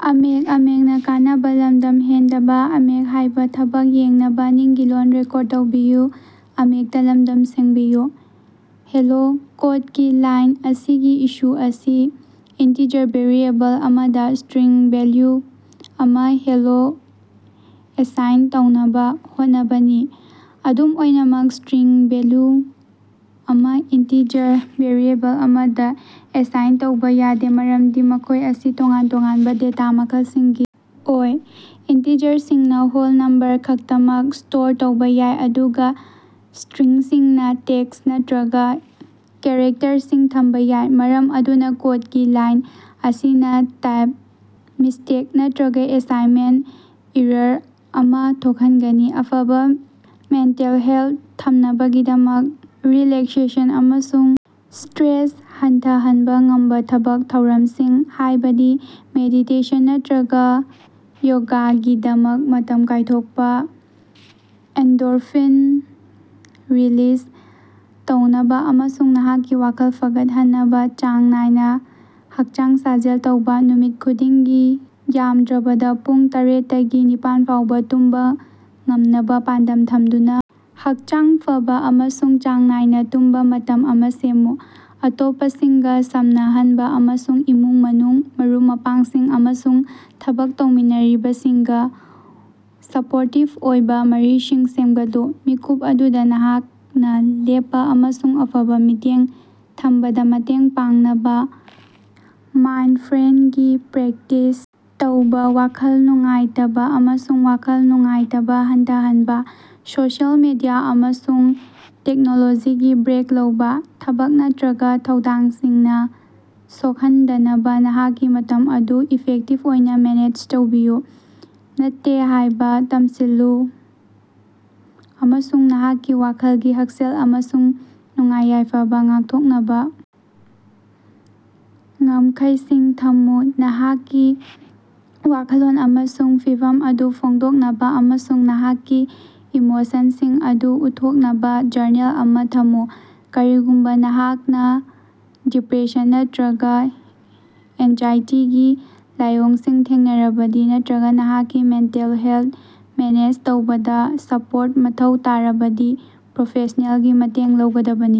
"Hello", ꯀꯣꯗꯀꯤ line ꯑꯁꯤꯒꯤ issue ꯑꯁꯤ ꯏꯟꯇꯤꯖꯔ ꯚꯦꯔꯤꯑꯦꯕꯜ ꯑꯃꯗꯥ ꯁ꯭ꯇꯔꯤꯡ ꯚꯦꯂꯨ ꯑꯃꯥ (ꯍꯦꯂꯣ) ꯑꯦꯁꯥꯏꯟ ꯇꯧꯅꯕꯥ ꯍꯣꯠꯅꯕꯅꯤ꯫ ꯑꯗꯨꯝ ꯑꯣꯏꯅꯃꯛ ꯁ꯭ꯇꯔꯤꯡ ꯚꯦꯂꯨ ꯑꯃꯥ ꯏꯟꯇꯤꯖꯔ ꯚꯦꯔꯤꯑꯦꯕꯜ ꯑꯃꯗꯥ ꯑꯦꯁꯥꯏꯟ ꯇꯧꯕꯥ ꯌꯥꯗꯦ ꯃꯔꯝꯗꯤ ꯃꯈꯣꯏ ꯑꯁꯤ ꯇꯣꯉꯥꯟ-ꯇꯣꯉꯥꯟꯕꯥ ꯗꯦꯇꯥ ꯃꯈꯜꯁꯤꯡꯒꯤ ꯑꯣꯏ꯫ ꯏꯟꯇꯤꯖꯔꯁꯤꯡꯅꯥ ꯍꯣꯜ ꯅꯝꯕꯔ ꯈꯛꯇꯃꯛ ꯁ꯭ꯇꯣꯔ ꯇꯧꯕꯥ ꯌꯥꯏ, ꯑꯗꯨꯒꯥ ꯁꯇ꯭ꯔꯤꯡꯁꯤꯡꯅꯥ ꯇꯦꯛꯁ ꯅꯠꯇ꯭ꯔꯒ ꯀꯦꯔꯦꯛꯇꯔꯁꯤꯡ ꯊꯝꯕꯥ ꯌꯥꯏ꯫ ꯃꯔꯝ ꯑꯗꯨꯅꯥ ꯀꯣꯗꯀꯤ ꯂꯥꯏꯟ ꯑꯁꯤꯅꯥ ꯇꯥꯏꯞ ꯃꯤꯁꯇꯦꯠ ꯅꯠꯇ꯭ꯔꯒꯥ ꯑꯦꯁꯥꯏꯟꯃꯦꯟꯇ ꯑꯦꯔꯥꯔ ꯑꯃꯥ ꯊꯣꯛꯍꯟꯒꯅꯤ꯫ ꯑꯐꯕꯥ ꯃꯦꯟꯇꯦꯜ ꯍꯦꯜꯇ ꯊꯝꯅꯕꯒꯤꯗꯃꯛ, ꯔꯤꯂꯦꯛꯁꯦꯁꯟ ꯑꯃꯁꯨꯡ ꯁꯇ꯭ꯔꯦꯁ ꯍꯟꯊꯍꯟꯕꯥ ꯉꯝꯕꯥ ꯊꯕꯛ ꯊꯧꯔꯝꯁꯤꯡ, ꯍꯥꯏꯕꯗꯤ ꯃꯦꯗꯤꯇꯦꯁꯟ ꯅꯠꯇ꯭ꯔꯒꯥ ꯌꯣꯒꯥꯒꯤꯗꯃꯛ ꯃꯇꯝ ꯀꯥꯏꯊꯣꯛꯄꯥ꯫ ꯑꯦꯟꯗꯣꯔꯐꯤꯟ ꯔꯤꯂꯤꯁ ꯇꯧꯅꯕꯥ ꯑꯃꯁꯨꯡ ꯅꯍꯥꯛꯀꯤ ꯋꯥꯈꯜ ꯐꯒꯠꯍꯟꯅꯕꯥ ꯆꯥꯡ ꯅꯥꯏꯅꯥ ꯍꯛꯆꯥꯡ ꯁꯥꯖꯦꯜ ꯇꯧꯕꯥ꯫ ꯅꯨꯃꯤꯠ ꯈꯨꯗꯤꯡꯒꯤ ꯌꯥꯝꯗ꯭ꯔꯕꯗꯥ ꯄꯨꯡ ꯇꯔꯦꯠꯇꯒꯤ ꯅꯤꯄꯥꯟꯐꯥꯎꯕ ꯇꯨꯝꯕꯥ ꯉꯝꯅꯕꯥ ꯄꯥꯟꯗꯝ ꯊꯝꯗꯨꯅꯥ ꯍꯛꯆꯥꯡ ꯐꯕꯥ ꯑꯃꯁꯨꯡ ꯆꯥꯡ ꯅꯥꯏꯅꯥ ꯇꯨꯝꯕꯥ ꯃꯇꯝ ꯑꯃꯥ ꯁꯦꯝꯃꯨ꯫ ꯑꯇꯣꯞꯄꯁꯤꯡꯒꯥ ꯁꯝꯅꯍꯟꯕꯥ ꯑꯃꯁꯨꯡ ꯏꯃꯨꯡ-ꯃꯅꯨꯡ, ꯃꯔꯨꯞ-ꯃꯄꯥꯡꯁꯤꯡ ꯑꯃꯁꯨꯡ ꯊꯕꯛ ꯇꯧꯃꯤꯟꯅꯔꯤꯕꯁꯤꯡꯒꯥ ꯁꯄꯣꯔꯇꯤꯞ ꯑꯣꯏꯕꯥ ꯃꯔꯤꯁꯤꯡ ꯁꯦꯝꯒꯠꯂꯨ꯫ ꯃꯤꯀꯨꯞ ꯑꯗꯨꯗꯥ ꯅꯍꯥꯛꯅꯥ ꯂꯦꯞꯄꯥ ꯑꯃꯁꯨꯡ ꯑꯐꯕ ꯃꯤꯠꯌꯦꯡ ꯊꯝꯕꯗꯥ ꯃꯇꯦꯡ ꯄꯥꯡꯅꯕꯥ ꯃꯥꯏꯟꯗꯐ꯭ꯔꯦꯟꯒꯤ ꯄ꯭ꯔꯦꯛꯇꯤꯁ ꯇꯧꯕꯥ꯫ ꯋꯥꯈꯜ ꯅꯨꯡꯉꯥꯏꯇꯕꯥ ꯑꯃꯁꯨꯡ ꯋꯥꯈꯜ ꯅꯨꯡꯉꯥꯏꯇꯕꯥ ꯍꯟꯊꯍꯟꯅꯕꯥ ꯁꯣꯁꯤꯑꯦꯜ ꯃꯤꯗꯤꯌꯥ ꯑꯃꯁꯨꯡ ꯇꯦꯛꯅꯣꯂꯣꯖꯤꯗꯒꯤ ꯕ꯭ꯔꯦꯛ ꯂꯧꯕꯥ꯫ ꯊꯕꯛ ꯅꯠꯇ꯭ꯔꯒꯥ ꯊꯧꯗꯥꯡꯁꯤꯡꯅꯥ ꯁꯣꯛꯍꯟꯗꯅꯕꯥ ꯅꯍꯥꯛꯀꯤ ꯃꯇꯝ ꯑꯗꯨ ꯏꯐꯦꯛꯇꯤꯞ ꯑꯣꯏꯅꯥ ꯃꯦꯅꯦꯖ ꯇꯧꯕꯤꯌꯨ꯫ "ꯅꯠꯇꯦ"ꯍꯥꯏꯕꯥ ꯇꯝꯁꯤꯜꯂꯨ ꯑꯃꯁꯨꯡ ꯅꯍꯥꯛꯀꯤ ꯋꯥꯈꯜꯒꯤ ꯍꯛꯁꯦꯜ ꯑꯃꯁꯨꯡ ꯅꯨꯡꯉꯥꯏ-ꯌꯥꯏꯐꯕꯥ ꯉꯥꯛꯊꯣꯛꯅꯕꯥ ꯉꯝꯈꯩꯁꯤꯡ ꯊꯝꯃꯨ꯫ ꯅꯍꯥꯛꯀꯤ ꯋꯥꯈꯜꯂꯣꯟ ꯑꯃꯁꯨꯡ ꯐꯤꯚꯝ ꯑꯗꯨ ꯐꯣꯡꯗꯣꯛꯅꯕꯥ ꯑꯃꯁꯨꯡ ꯅꯍꯥꯛꯀꯤ ꯏꯃꯣꯁꯟꯁꯤꯡ ꯑꯗꯨ ꯎꯠꯊꯣꯛꯅꯕ ꯖꯔꯅꯦꯜ ꯑꯃꯥ ꯊꯝꯃꯨ꯫ ꯀꯔꯤꯒꯨꯝꯕꯥ ꯅꯍꯥꯛꯅꯥ ꯗꯤꯄ꯭ꯔꯦꯁꯟ ꯅꯠꯇ꯭ꯔꯒꯥ ꯑꯦꯟꯖꯥꯏꯇꯤꯒꯤ ꯂꯥꯏꯑꯣꯡꯁꯤꯡ ꯊꯦꯡꯅꯔꯕꯗꯤ, ꯅꯠꯇ꯭ꯔꯒꯥ ꯅꯍꯥꯛꯀꯤ ꯃꯦꯟꯇꯦꯜ ꯍꯦꯜꯗ ꯃꯦꯅꯦꯖ ꯇꯧꯕꯗꯥ ꯁꯄꯣꯔꯠ ꯃꯊꯧ ꯇꯥꯔꯕꯗꯤ ꯄ꯭ꯔꯣꯐꯦꯁꯅꯦꯜꯒꯤ ꯃꯇꯦꯡ ꯂꯧꯒꯗꯕꯅꯤ꯫